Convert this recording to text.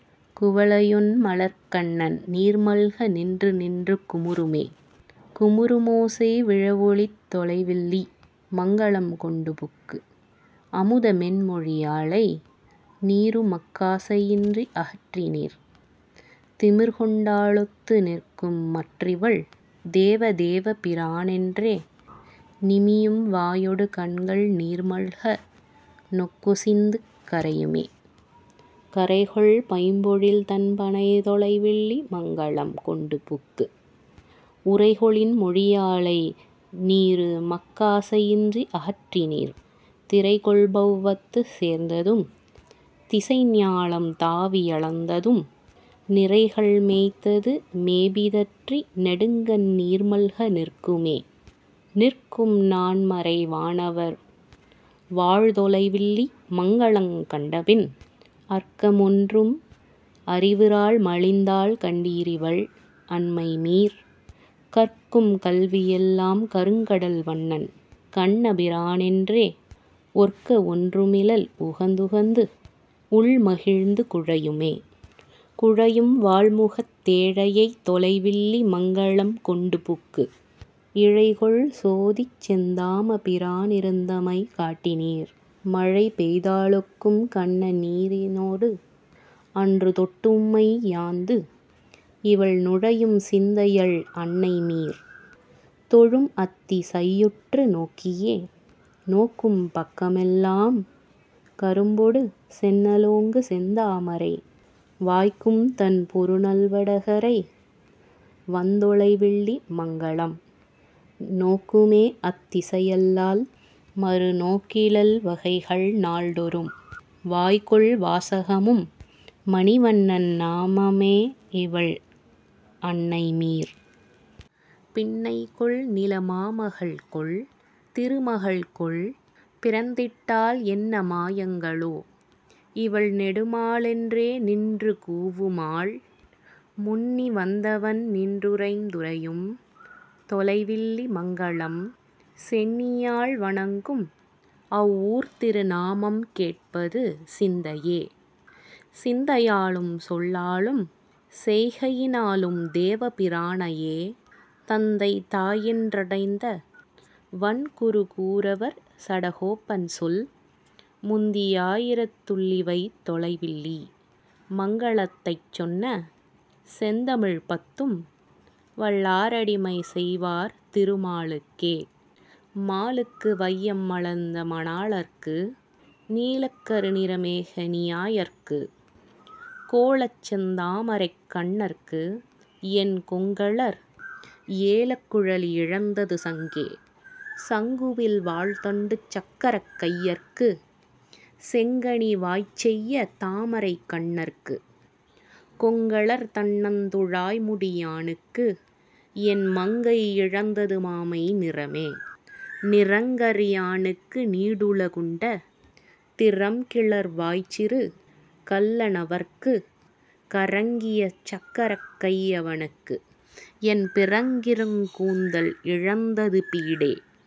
குவளை யொண்மலர்க் கண்கள் நீர்மல்க நின்று நின்று குமுறுமே.. குமுறு மோசை விழவொ லித்தொலை வில்லி மங்கலம் கொண்டுபுக்கு, அமுத மென்மொழி யாளை நீருமக் காசை யின்றி அகற்றினீர், திமிர்க்கொண் டாலொத்து நிற்கும் மற்றிவள் தேவ தேவபி ரானென்றே, நிமியும் வாயொடு கண்கள் நீர்மல்க நெக்கொ சிந்து கரையுமே.. கரைகொள் பைம்பொழில் தண்ப ணைத்தொலை வில்லி மங்கலம் கொண்டுபுக்கு, உரைகொ ளின்மொழி யாளை நீருமக் காசை யின்றி அகற்றினீர், திரைகொள் பௌவத்து சேர்ந்த தும்திசை ஞாலம் தாவி யளந்ததும், நிரைகள் மேய்த்தது மேபி தற்றி நெடுங்கண் ணீர்மல்க நிற்குமே.. நிற்கும் நான்மறை வாணர் வாழ்தொலை வில்லி மங்கலங் கண்டபின், அற்க மொன்றும் அறிவு றாள்மலிந் தாள்கண் டீரிவள் அன்னைமீர், கற்கும் கல்வியெல் லாம்க ருங்கடல் வண்ணன் கண்ணபி ரானென்றே, ஒற்க மொன்றுமி லள்உகந்துகந்து உள்மகிழ்ந்து குழையுமே.. குழையும் வாள்முகத் தேழை யைத்தொலை வில்லி மங்கலம் கொண்டுபுக்கு, இழைகொள் சோதிச்செந் தாம பிரானி ருந்தமை காட்டினீர், மழைபெய் தாலொக்கும் கண்ண நீரினொடு அன்று தொட்டும்மை யாந்து, இவள் நுழையும் சிந்தையள் அன்னை மீர். தொழும் அத்தி சையுற்று நோக்கியே.. நோக்கும் பக்கமெல் லாம்க ரும்பொடு செந்நெ லோங்குசெந் தாமரை, வாய்க்கும் தண்பொரு நல்வ டகரை வந்தொ லைவில்லி மங்கலம், நோக்கு மேல்அ த் திசையல் லால்மறு நோக்கி லள்வைகல் நாள்டொறும், வாய்க்கொள் வாசக மும்ம ணிவண்ணன் நாம மேயிவள் அன்னைமீர்.. பின்னை கொல்நில மாம கள்கொல்? திரும கள்கொல்? பிறந்திட்டாள், என்ன மாயங்கொ லோ? இ வள்நெடு மாலென் றேநின்று கூவுமால், முன்னி வந்தவன் நின்றி ருந்துறை யும்தொ லைவில்லி மங்கலம் சென்னி யால்வணங் கும்அ வ் வூர்த்திரு நாமம் கேட்பது சிந்தையே. சிந்தை யாலும்சொல் லாலும் செய்கையினாலும் தேவ பிரானையே, தந்தை தாயென் றடைந்த வண்குரு கூர வர்சட கோபன்சொல், முந்தை யாயிரத் துள்ளி வைதொலை வில்லி மங்கலத் தைச்சொன்ன, செந்தமிழ்பத்தும் வல்லாரடிமை செய் வார்திரு மாலுக்கே. மாலுக்கு வையம் அளந்த மணாளற்கு, நீலக் கருநிற மேக நியாயற்கு, கோலச்செந் தாமரைக் கண்ணற்கு, என் கொங்கலர் ஏலக் குழலி யிழந்தது சங்கே.. சங்குவில் வாள்தண்டு சக்கரக் கையற்கு, செங்கனி வாய்ச்செய்ய தாமரை கண்ணற்கு, கொங்கலர் தண்ணந் துழாய்முடி யானுக்கு, என் மங்கை யிழந்தது மாமை நிறமே.. நிறங்கரி யானுக்கு நீடுல குண்ட, திறம்கிளர் வாய்ச்சிறு கள்ள னவற்கு, கறங்கிய சக்கரக் கையவ னுக்கு, என் பிறங்கிருங் கூந்தல் இழந்தது பீடே..